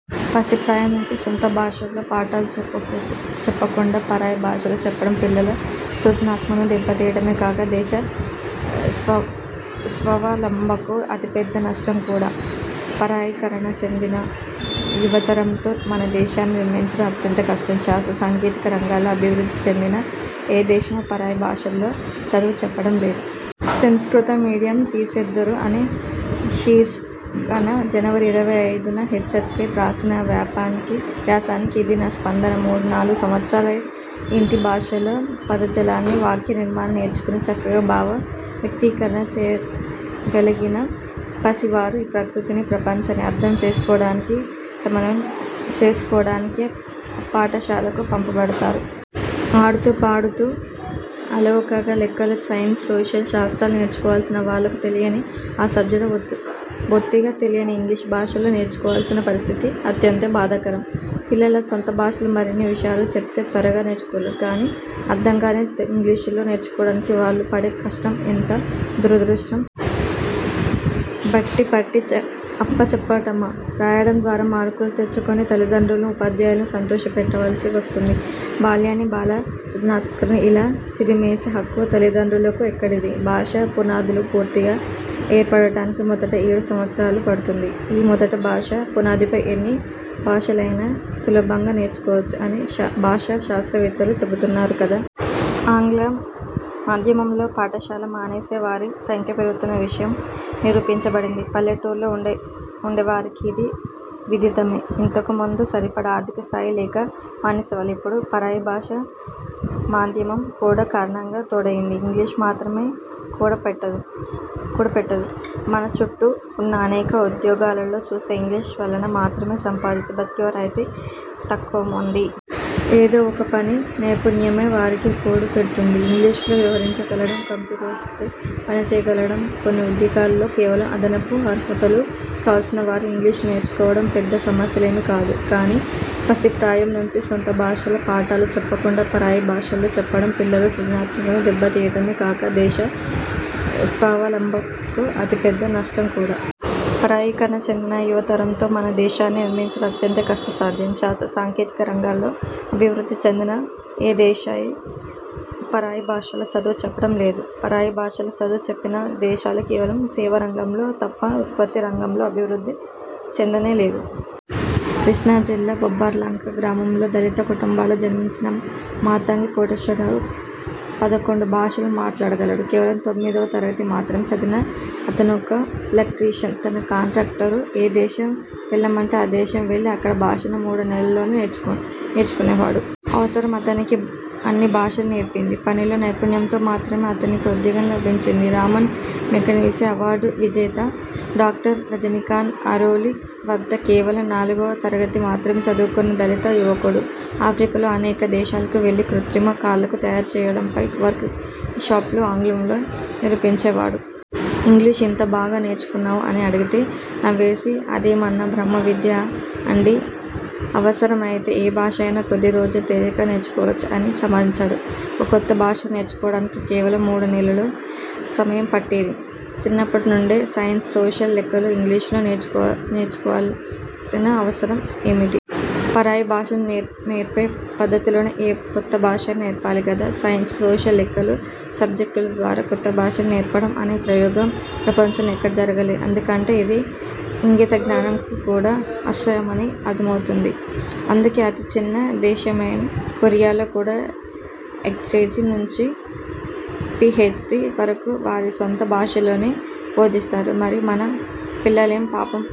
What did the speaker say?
పసిప్రాయం నుంచీ సొంత భాషలో పాఠాలు చెప్పకుండా పరాయి భాషలో చెప్పడం పిల్లల సృజనాత్మకతను దెబ్బతీయడమే కాక, దేశ స్వావలంబనకు అతి పెద్ద నష్టం కూడా. పరాయీకరణ చెందిన యువతరంతో మన దేశాన్ని నిర్మించడం అత్యంత కష్టం. శాస్త్ర, సాంకేతిక రంగాలలో అభివృద్ధి చెందిన ఏ దేశమూ పరాయి భాషలో చదువు చెప్పడం లేదు. 'తెంస్కృత' మీడియం తీసేద్దురూ! అనే శీర్షికన జనవరి ఇరవై ఐదు న హెచ్చార్కె రాసిన వ్యాసానికి ఇది నా స్పందన. మూడు, నాలుగు సంవత్సరాలు ఇంటి భాషలో పదజాలాన్నీ, వాక్య నిర్మాణాన్ని నేర్చుకొని చక్కగా భావ వ్యక్తీకరణ చేయగలిగిన పసి వారు ఈ ప్రకృతిని, ప్రపంచాన్ని అర్థం చేసుకోవడానికి, సమన్వయం చేసుకోవడానికే పాఠశాలకు పంపబడతారు. ఆడుతూ, పాడుతూ అలవోకగా లెక్కలు, సైన్స్, సోషల్ శాస్త్రాలు నేర్చుకోవాల్సిన వాళ్ళకు తెలియని ఆ సబ్జెక్టులను బొత్తిగా తెలియని ఇంగ్లీష్ భాషలో నేర్చుకోవలసిన పరిస్థితి అత్యంత బాధాకరం. పిల్లల సొంత భాషలో మరిన్ని విషయాలు చెప్తే త్వరగా నేర్చుకోగలరు గానీ, అర్థంకాని ఇంగ్లీషులో నేర్చుకోవడానికి వాళ్ళు పడే కష్టం ఎంత దురదృష్టం! బట్టీ పట్టి అప్పచెప్పటమూ, రాయడం ద్వారా మార్కులు తెచ్చుకుని తలిదండ్రులనూ, ఉపాధ్యాయులనూ సంతోషపెట్టవలసి వస్తుంది. బాల్యాన్నీ, బాలల సృజనాత్మకతనూ ఇలా చిదిమేసే హక్కు తల్లిదండ్రులకు ఎక్కడిది? భాషా పునాదులు పూర్తిగా ఏర్పడటానికి మొదటి ఏడు సంవత్సరాలు పడుతుంది. ఈ మొదటి భాష పునాదిపై ఎన్ని భాషలయినా సులభంగా నేర్చుకోవచ్చు'' అని భాషా శాస్త్రవేత్తలు చెబుతున్నారు కదా! ఆంగ్ల మాధ్యమంలో పాఠశాల మానేసేవారి సంఖ్య పెరుగుతున్న విషయం నిరూపించబడినది. పల్లెటూళ్ళలో ఉండేవారికి ఇది విదితమే! ఇంతకు ముందు సరిపడా ఆర్థిక స్థాయి లేక మానేసేవాళ్ళు ఇప్పుడు పరాయిభాషా మాధ్యమం కూడా కారణంగా తోడయ్యింది. ఇంగ్లీష్ మాత్రమే కూడు పెట్టదు. మన చుట్టూ ఉన్న అనేక ఉద్యోగాలలో చూస్తే ఇంగ్లీష్ వలన మాత్రమే సంపాదిస్తూ బ్రతికేవారు అతి తక్కువమంది. ఏదో ఒక పని నైపుణ్యమే వారికి కూడు పెడ్తోంది. ఇంగ్లీషులో వ్యవహరించగలగడం, కంప్యూటర్తో పనిచేయగలగడం కొన్ని ఉద్యోగాలలో కేవలం అదనపు అర్హతలు. కావలసిన వారు ఇంగ్లీషును నేర్చుకోవడం పెద్ద సమస్యేమీ కాదు. కానీ పసిప్రాయం నుంచీ సొంత భాషలో పాఠాలు చెప్పకుండా పరాయి భాషలో చెప్పడం పిల్లల సృజనాత్మకతను దెబ్బతీయడమే కాక, దేశ స్వావలంబనకు అతి పెద్ద నష్టం కూడా. పరాయీకరణ చెందిన యువతరంతో మన దేశాన్ని నిర్మించడం అత్యంత కష్ట సాధ్యం. శాస్త్ర, సాంకేతిక రంగాలలో అభివృద్ధి చెందిన ఏ దేశమూ పరాయి భాషలో చదువు చెప్పడం లేదు. పరాయి భాషలో చదువు చెప్పిన దేశాలు కేవలం సేవారంగంలో తప్ప ఉత్పత్తి రంగంలో అభివృద్ధి చెందనే లేదు. కృష్ణా జిల్లా బొబ్బర్లంక గ్రామంలో దళిత కుటుంబంలో జన్మించిన మాతంగి కోటేశ్వరరావు పదకొండు భాషలు మాట్లాడగలడు. కేవలం తొమ్మిది వ తరగతి మాత్రమే చదివిన అతనొక ఎలక్ట్రీషియన్. తన కాంట్రాక్టరు ఏ దేశం వెళ్ళమంటే ఆ దేశం వెళ్లి అక్కడి భాషను మూడు నెలల్లోనే నేర్చుకునేవాడు. అవసరం అతనికి అన్ని భాషలూ నేర్పింది. పనిలో నైపుణ్యంతో మాత్రమే అతనికా ఉద్యోగం లభించింది. రామన్ మెగసెసే అవార్డు విజేత డాక్టర్ రజనీ కాంత్ అరోలి వద్ద కేవలం నాల్గవ తరగతి మాత్రమే చదువుకున్న దళిత యువకుడు ఆఫ్రికాలోని అనేక దేశాలకు వెళ్లి కృత్రిమ కాళ్ళను తయారు చేయడంపై వర్క్ షాప్స్ను ఆంగ్లంలో నిర్వహించేవాడు. ఇంగ్లీషు ఇంత బాగా ఎలా నేర్చుకున్నావు అని అడిగితే నవ్వేసి 'అదేమన్నా బ్రహ్మ విద్యా అండి, అవసరం అయితే ఏ భాష అయినా కొద్ది రోజుల్లోనే తేలికగా నేర్చుకోవచ్చు' అని సమాధానమిచ్చాడు. ఒక కొత్త భాషను నేర్చుకోవడానికి కేవలం మూడు నెలల సమయం సరిపోతుంటే చిన్నప్పటి నుండే సైన్స్, సోషల్, లెక్కలు ఇంగ్లీషులో నేర్చుకోవలసిన అవసరం ఏమిటి? పరాయి భాషను నేర్పే పద్ధతులలోనే ఏ కొత్త భాషనైనా నేర్పాలి గదా! సైన్స్, సోషల్, లెక్కలు సబ్జెక్టుల ద్వారా కొత్తభాషను నేర్పడం అనే ప్రయోగం ప్రపంచంలో ఎక్కడా జరగలేదు. ఎందుకంటే అది ఇంగితజ్ఞానం కు కూడా అశాస్త్రీయమని అర్థమవుతుంది. అందుకే అతి చిన్న దేశమైన కొరియాలో కూడా ఎల్కేజీ నుంచి పీహెచ్డీ వరకు వారి సొంత భాషలోనే బోధిస్తారు. మరి మన పిల్లలేం పాపం